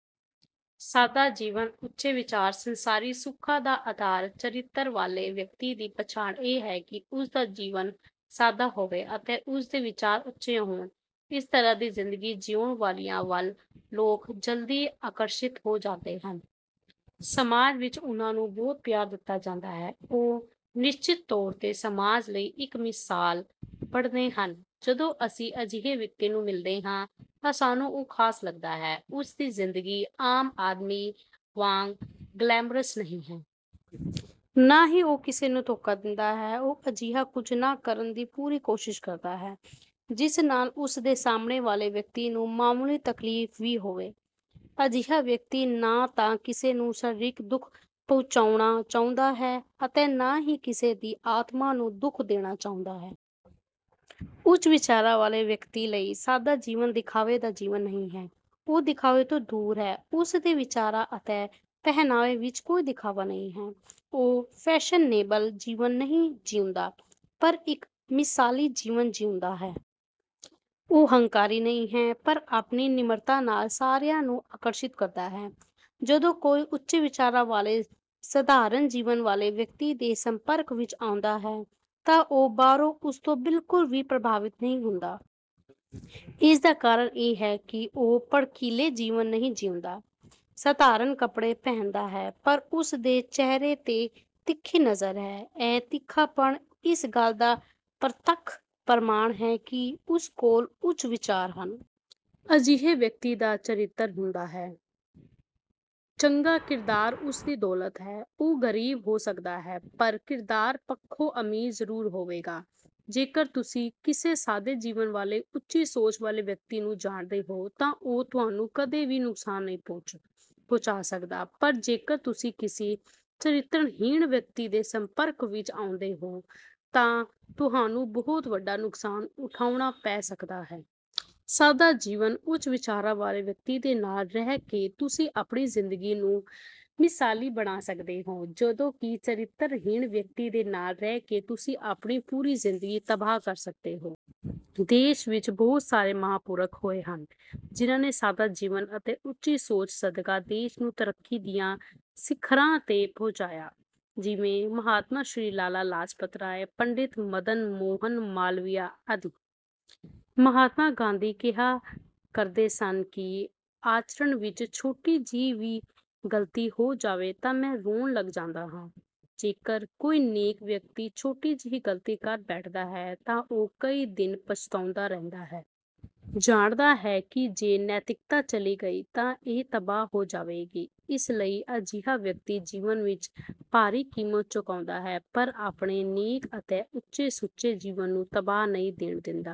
ਸਾਦਾ ਜੀਵਨ, ਉੱਚੇ ਵਿਚਾਰ, ਸੰਸਾਰੀ ਸੁੱਖਾਂ ਦਾ ਆਧਾਰ ਚਰਿੱਤਰ ਵਾਲੇ ਵਿਅਕਤੀ ਦੀ ਪਛਾਣ ਇਹ ਹੈ ਕਿ ਉਸ ਦਾ ਜੀਵਨ ਸਾਦਾ ਹੋਵੇ ਅਤੇ ਉਸ ਦੇ ਵਿਚਾਰ ਉੱਚੇ ਹੋਣ। ਇਸ ਤਰ੍ਹਾਂ ਦੀ ਜ਼ਿੰਦਗੀ ਜੀਉਣ ਵਾਲਿਆਂ ਵੱਲ ਲੋਕ ਜਲਦੀ ਆਕਰਸ਼ਿਤ ਹੋ ਜਾਂਦੇ ਹਨ। ਸਮਾਜ ਵਿੱਚ ਉਨ੍ਹਾਂ ਨੂੰ ਬਹੁਤ ਪਿਆਰ ਦਿੱਤਾ ਜਾਂਦਾ ਹੈ। ਉਹ ਨਿਸ਼ਚਿਤ ਤੌਰ 'ਤੇ ਸਮਾਜ ਲਈ ਇੱਕ ਮਿਸਾਲ ਬਣਦੇ ਹਨ। ਜਦੋਂ ਅਸੀਂ ਅਜਿਹੇ ਵਿਅਕਤੀ ਨੂੰ ਮਿਲਦੇ ਹਾਂ, ਤਾਂ ਸਾਨੂੰ ਉਹ ਖਾਸ ਲੱਗਦਾ ਹੈ। ਉਸ ਦੀ ਜ਼ਿੰਦਗੀ ਆਮ ਆਦਮੀ ਵਾਂਗ ਗਲੈਮਰਸ ਨਹੀਂ ਹੈ। ਨਾ ਹੀ ਉਹ ਕਿਸੇ ਨੂੰ ਧੋਖਾ ਦਿੰਦਾ ਹੈ। ਉਹ ਅਜਿਹਾ ਕੁਝ ਨਾ ਕਰਨ ਦੀ ਪੂਰੀ ਕੋਸ਼ਿਸ਼ ਕਰਦਾ ਹੈ ਜਿਸ ਨਾਲ ਉਸ ਦੇ ਸਾਹਮਣੇ ਵਾਲੇ ਵਿਅਕਤੀ ਨੂੰ ਮਾਮੂਲੀ ਤਕਲੀਫ ਵੀ ਹੋਵੇ। ਅਜਿਹਾ ਵਿਅਕਤੀ ਨਾ ਤਾਂ ਕਿਸੇ ਨੂੰ ਸਰੀਰਕ ਦੁੱਖ ਪਹੁੰਚਾਉਣਾ ਚਾਹੁੰਦਾ ਹੈ ਅਤੇ ਨਾ ਹੀ ਕਿਸੇ ਦੀ ਆਤਮਾ ਨੂੰ ਦੁੱਖ ਦੇਣਾ ਚਾਹੁੰਦਾ ਹੈ। ਉੱਚ ਵਿਚਾਰਾਂ ਵਾਲੇ ਵਿਅਕਤੀ ਲਈ ਸਾਦਾ ਜੀਵਨ ਦਿਖਾਵੇ ਦਾ ਜੀਵਨ ਨਹੀਂ ਹੈ। ਉਹ ਦਿਖਾਵੇ ਤੋਂ ਦੂਰ ਹੈ। ਉਸ ਦੇ ਵਿਚਾਰਾਂ ਅਤੇ ਪਹਿਰਾਵੇ ਵਿਚ ਕੋਈ ਦਿਖਾਵਾ ਨਹੀਂ ਹੈ। ਉਹ ਫੈਸ਼ਨੇਬਲ ਜੀਵਨ ਨਹੀਂ ਜੀਉਂਦਾ ਪਰ ਇੱਕ ਮਿਸਾਲੀ ਜੀਵਨ ਜਿਉਂਦਾ ਹੈ। ਉਹ ਹੰਕਾਰੀ ਨਹੀਂ ਹੈ ਪਰ ਆਪਣੀ ਨਿਮਰਤਾ ਨਾਲ ਸਾਰਿਆਂ ਨੂੰ ਆਕਰਸ਼ਿਤ ਕਰਦਾ ਹੈ। ਜਦੋਂ ਕੋਈ ਉੱਚੇ ਵਿਚਾਰਾਂ ਵਾਲੇ ਸਧਾਰਨ ਜੀਵਨ ਵਾਲੇ ਵਿਅਕਤੀ ਦੇ ਸੰਪਰਕ ਵਿੱਚ ਆਉਂਦਾ ਹੈ, ਤਾਂ ਉਹ ਬਾਹਰੋਂ ਉਸ ਤੋਂ ਬਿਲਕੁਲ ਵੀ ਪ੍ਰਭਾਵਿਤ ਨਹੀਂ ਹੁੰਦਾ। ਇਸ ਦਾ ਕਾਰਨ ਇਹ ਹੈ ਕਿ ਉਹ ਭੜਕੀਲੇ ਜੀਵਨ ਨਹੀਂ ਜੀਉਂਦਾ। ਸਧਾਰਨ ਕੱਪੜੇ ਪਹਿਨਦਾ ਹੈ ਪਰ ਉਸ ਦੇ ਚਿਹਰੇ 'ਤੇ ਤਿੱਖੀ ਨਜ਼ਰ ਹੈ। ਇਹ ਤਿੱਖਾਪਣ ਇਸ ਗੱਲ ਦਾ ਪ੍ਰਤੱਖ ਪ੍ਰਮਾਣ ਹੈ ਕਿ ਉਸ ਕੋਲ ਉੱਚ ਵਿਚਾਰ ਹਨ। ਅਜਿਹੇ ਵਿਅਕਤੀ ਦਾ ਚਰਿੱਤਰ ਹੁੰਦਾ ਹੈ। ਚੰਗਾ ਕਿਰਦਾਰ ਉਸ ਦੀ ਦੌਲਤ ਹੈ। ਉਹ ਗਰੀਬ ਹੋ ਸਕਦਾ ਹੈ ਪਰ ਕਿਰਦਾਰ ਪੱਖੋਂ ਅਮੀਰ ਜ਼ਰੂਰ ਹੋਵੇਗਾ। ਜੇਕਰ ਤੁਸੀਂ ਕਿਸੇ ਸਾਦੇ ਜੀਵਨ ਵਾਲੇ ਉੱਚੀ ਸੋਚ ਵਾਲੇ ਵਿਅਕਤੀ ਨੂੰ ਜਾਣਦੇ ਹੋ ਤਾਂ ਉਹ ਤੁਹਾਨੂੰ ਕਦੇ ਵੀ ਨੁਕਸਾਨ ਨਹੀਂ ਪਹੁੰਚਾ ਸਕਦਾ ਪਰ ਜੇਕਰ ਤੁਸੀਂ ਕਿਸੇ ਚਰਿੱਤਰਹੀਣ ਵਿਅਕਤੀ ਦੇ ਸੰਪਰਕ ਵਿੱਚ ਆਉਂਦੇ ਹੋ ਤਾਂ ਤੁਹਾਨੂੰ ਬਹੁਤ ਵੱਡਾ ਨੁਕਸਾਨ ਉਠਾਉਣਾ ਪੈ ਸਕਦਾ ਹੈ। ਸਾਦਾ ਜੀਵਨ: ਉੱਚ ਵਿਚਾਰਾਂ ਵਾਲੇ ਵਿਅਕਤੀ ਦੇ ਨਾਲ ਰਹਿ ਕੇ ਤੁਸੀਂ ਆਪਣੀ ਜ਼ਿੰਦਗੀ ਨੂੰ ਮਿਸਾਲੀ ਬਣਾ ਸਕਦੇ ਹੋ ਜਦੋਂ ਕਿ ਚਰਿੱਤਰਹੀਣ ਵਿਅਕਤੀ ਦੇ ਨਾਲ ਰਹਿ ਕੇ ਤੁਸੀਂ ਆਪਣੀ ਪੂਰੀ ਜ਼ਿੰਦਗੀ ਤਬਾਹ ਕਰ ਸਕਦੇ ਹੋ। ਦੇਸ਼ ਵਿੱਚ ਬਹੁਤ ਸਾਰੇ ਮਹਾਪੁਰਖ ਹੋਏ ਹਨ, ਜਿਨ੍ਹਾਂ ਨੇ ਸਾਦਾ ਜੀਵਨ ਅਤੇ ਉੱਚੀ ਸੋਚ ਸਦਕਾ ਦੇਸ਼ ਨੂੰ ਤਰੱਕੀ ਦੀਆਂ ਸਿਖਰਾਂ 'ਤੇ ਪਹੁੰਚਾਇਆ। ਜਿਵੇਂ ਮਹਾਤਮਾ ਸ਼੍ਰੀ ਲਾਲਾ ਲਾਜਪਤ ਰਾਏ, ਪੰਡਿਤ ਮਦਨ ਮੋਹਨ ਮਾਲਵੀਆ ਆਦਿ। ਮਹਾਤਮਾ ਗਾਂਧੀ ਕਿਹਾ ਕਰਦੇ ਸਨ ਕਿ ਆਚਰਣ ਵਿੱਚ ਛੋਟੀ ਜਿਹੀ ਵੀ ਗਲਤੀ ਹੋ ਜਾਵੇ ਤਾਂ ਮੈਂ ਰੋਣ ਲੱਗ ਜਾਂਦਾ ਹਾਂ। ਜੇਕਰ ਕੋਈ ਨੇਕ ਵਿਅਕਤੀ ਛੋਟੀ ਜਿਹੀ ਗਲਤੀ ਕਰ ਬੈਠਦਾ ਹੈ, ਤਾਂ ਉਹ ਕਈ ਦਿਨ ਪਛਤਾਉਂਦਾ ਰਹਿੰਦਾ ਹੈ। ਜਾਣਦਾ ਹੈ ਕਿ ਜੇ ਨੈਤਿਕਤਾ ਚਲੀ ਗਈ ਤਾਂ ਇਹ ਤਬਾਹ ਹੋ ਜਾਵੇਗੀ। ਇਸ ਲਈ ਅਜਿਹਾ ਵਿਅਕਤੀ ਜੀਵਨ ਵਿੱਚ ਭਾਰੀ ਕੀਮਤ ਚੁਕਾਉਂਦਾ ਹੈ ਪਰ ਆਪਣੇ ਨੇਕ ਅਤੇ ਉੱਚੇ-ਸੁੱਚੇ ਜੀਵਨ ਨੂੰ ਤਬਾਹ ਨਹੀਂ ਹੋਣ ਦਿੰਦਾ।